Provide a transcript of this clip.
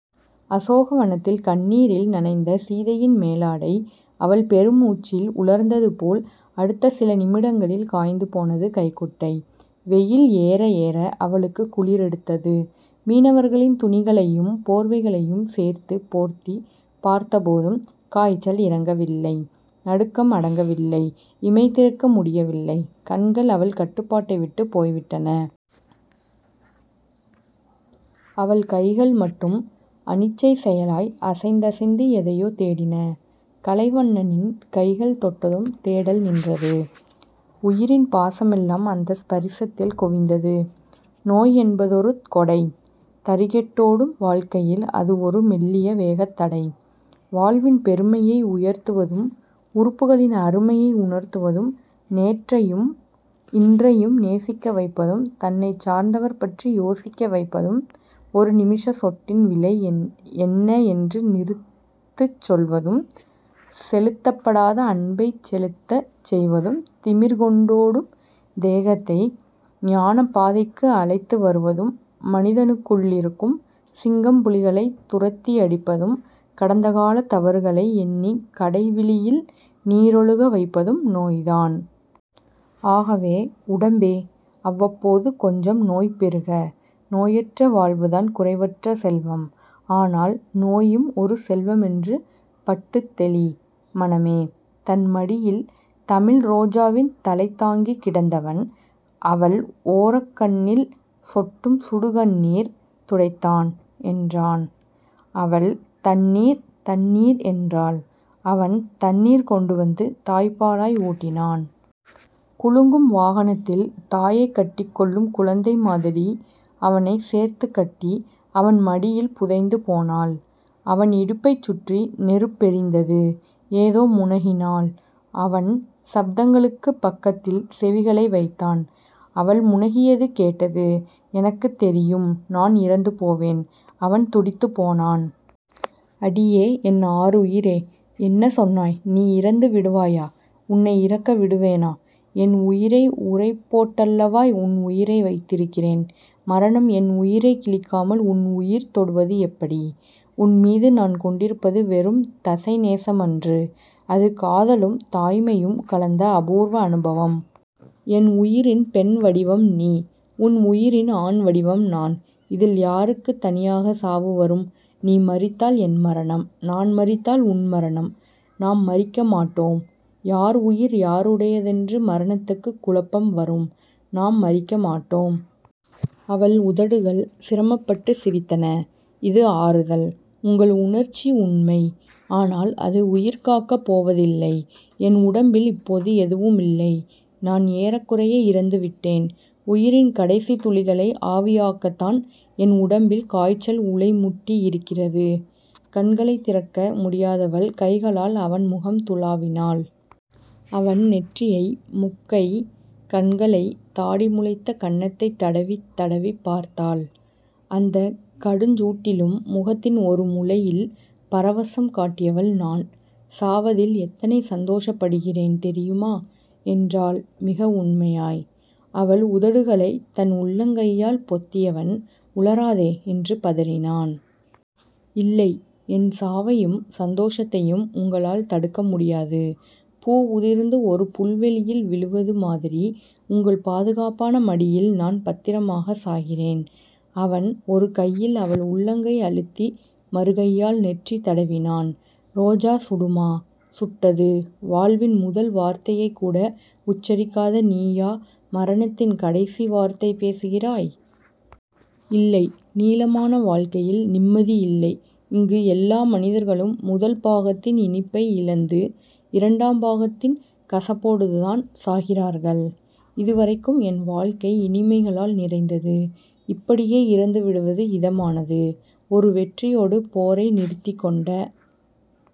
அசோகவனத்தில் கண்ணீரில் நனைந்த சீதையின் மேலாடை அவள் பெருமுச்சில் உலர்ந்ததுபோல், அடுத்த சில நிமிடங்களில் காய்ந்துபோனது கைக்குட்டை. வெயில் ஏறஏற அவளுக்குக் குளிரெடுத்தது. மீனவர்களின் துணிகளையும் போர்வைகளையும் சேர்த்துப் போர்த்திப் பார்த்தபோதும் காய்ச்சல் இறங்கவில்லை. நடுக்கம் அடங்கவில்லை. இமை திறக்க முடியவில்லை. கண்கள் அவள் கட்டுப்பாட்டைவிட்டுப் போய்விட்டன. அவள் கைகள் மட்டும் அனிச்சைச் செயலாய் அசைந்தசைந்து எதையோ தேடின. கலைவண்ணனின் கைகள் தொட்டதும் தேடல் நின்றது. உயிரின் பாசமெல்லாம் அந்த ஸபரிசத்தில் குவிந்தது. நோய் என்பதொரு கொடை. தறிகெட்டோ டும் வாழ்க்கையில் அது ஒரு மெல்லிய வேகத்தடை. வாழ்வின் பெருமையை உயர்த்துவதும் உறுப்புகளின் அருமையை உணர்த்துவதும் நேற்றையும் இன்றையும் நேசிக்க வைப்பதும் தன்னைச் சார்ந்தவர்பற்றி யோசிக்க வைப்பதும் ஒரு நிமிஷச்சொட்டின் விலை என்ன என்று நிறுத்துச் சொல்வதும் செலுத்தப்படாத அன்பைச் செலுத்தச் செய்வதும் திமிர் கொண்டோ டும் தேகத்தை ஞானப்பாதைக்கு அழைத்து வருவதும் மனிதனுக்குள்ளிருக்கும் சிங்கம்புலிகளைத் துரத்தியடிப்பதும் கடந்தகாலத் தவறுகளை எண்ணிக் கடைவிழியில் நீரொழுக வைப்பதும் நோய்தான். ஆகவே உடம்பே. அவ்வப்போது கொஞ்சம் நோய் பெறுக. நோயற்ற வாழ்வுதான் குறைவற்ற செல்வம். ஆனால் நோயும் ஒரு செல்வமென்று பட்டுத்தெளி, மனமே. தன்மடியில் தமிழ்ரோஜாவின் தலைதாங்கிக் கிடந்தவன், அவள் ஒரக்கண்ணில் சொட்டும் சுடுகண்ணீர் துடைத்தான். என்றான். அவள், தண்ணீர். தண்ணீர். என்றாள். அவன் தண்ணீர் கொண்டுவந்து தாய்ப்பாலாய் ஊட்டினான். குலுங்கும் வாகனத்தில் தாயைக்கட்டிக் கொள்ளும் குழந்தைமாதிரி அவனைச் சேர்த்துக் கட்டி, அவன் மடியில் புதைந்து போனாள். அவன் இடுப்பைச் சுற்றி நெருப்பெரிந்தது. ஏதோ முனகினாள். அவன் சப்தங்களுக்குப் பக்கத்தில் செவிகளை வைத்தான். அவள் முனகியது கேட்டது. எனக்குத் தெரியும், நான் இறந்துபோவேன். அவன் துடித்துப் போனான். அடியே. என் ஆருயிரே. என்ன சொன்னாய்? நீ இறந்து விடுவாயா? உன்னை இறக்கவிடுவேனா? என் உயிரை உறைபோட்டல்லவா உன் உயிரை வைத்திருக்கிறேன். மரணம் என் உயிர் கிழிக்காமல் உன் உயிர் தொடுவது எப்படி? உன்மீது நான் கொண்டிருப்பது வெறும் தசைநேசமன்று. அது காதலும் தாய்மையும் கலந்தஅபூர்வ அனுபவம். என் உயிரின் பெண்வடிவம் நீ. உன் உயிரின் ஆண்வடிவம் நான். இதில் யாருக்குத் தனியாகச் சாவு வரும்? நீ மரித்தால் என் மரணம். நான் மரித்தால் உன் மரணம். நாம் மரிக்கமாட்டோ ம். யார் உயிர் யாருடையதென்று மரணத்துக்குக் குழப்பம் வரும். நாம் மரிக்கமாட்டோ ம். அவள் உதடுகள் சிரமப்பட்டுச் சிரித்தன. இது ஆறுதல். உங்கள் உணர்ச்சி உண்மை. ஆனால், அது உயிர்காக்கப் போவதில்லை. என் உடம்பில் இப்போது எதுவுமில்லை. நான் ஏறக்குறைய இறந்துவிட்டேன். உயிரின் கடைசித் துளிகளை ஆவியாக்கத்தான் என் உடம்பில் காய்ச்சல் உலைமுட்டியிருக்கிறது. கண்களைத் திறக்க முடியாதவள் கைகளால் அவன் முகம் துழாவினாள். அவன் நெற்றியை, முக்கை, கண்களை, தாடி முளைத்த கன்னத்தைத் தடவித் தடவிப் பார்த்தாள். அந்தக் கடுஞ்சூட்டிலும் முகத்தின் ஒரு முலையில் பரவசம் காட்டியவள் நான் சாவதில் எத்தனை சந்தோஷப்படுகிறேன் தெரியுமா? என்றாள் மிக உண்மையாய். அவள் உதடுகளைத் தன் உள்ளங்கையால் பொத்தியவன், உளறாதே. என்று பதறினான். இல்லை. என் சாவையும், சந்தோஷத்தையும் உங்களால் தடுக்க முடியாது. பூ உதிர்ந்து ஒரு புல்வெளியில் விழுவது மாதிரி உங்கள் பாதுகாப்பான மடியில் நான் பத்திரமாகச் சாகிறேன். அவன் ஒரு கையில் அவள் உள்ளங்கை அழுத்தி மறுகையால் நெற்றி தடவினான். ரோஜா சுடுமா? சுட்டது. வாழ்வின் முதல் வார்த்தையைக்கூட உச்சரிக்காத நீயா மரணத்தின் கடைசி வார்த்தை பேசுகிறாய்? இல்லை. நீளமான வாழ்க்கையில் நிம்மதி இல்லை. இங்கு எல்லா மனிதர்களும் முதல் பாகத்தின் இனிப்பை இழந்து, இரண்டாம் பாகத்தின் கசப்போடுதான் சாகிறார்கள். இதுவரைக்கும் என் வாழ்க்கை இனிமைகளால் நிறைந்தது. இப்படியே இறந்துவிடுவது இதமானது. ஒரு வெற்றியோடு போரை நிறுத்திக்கொண்ட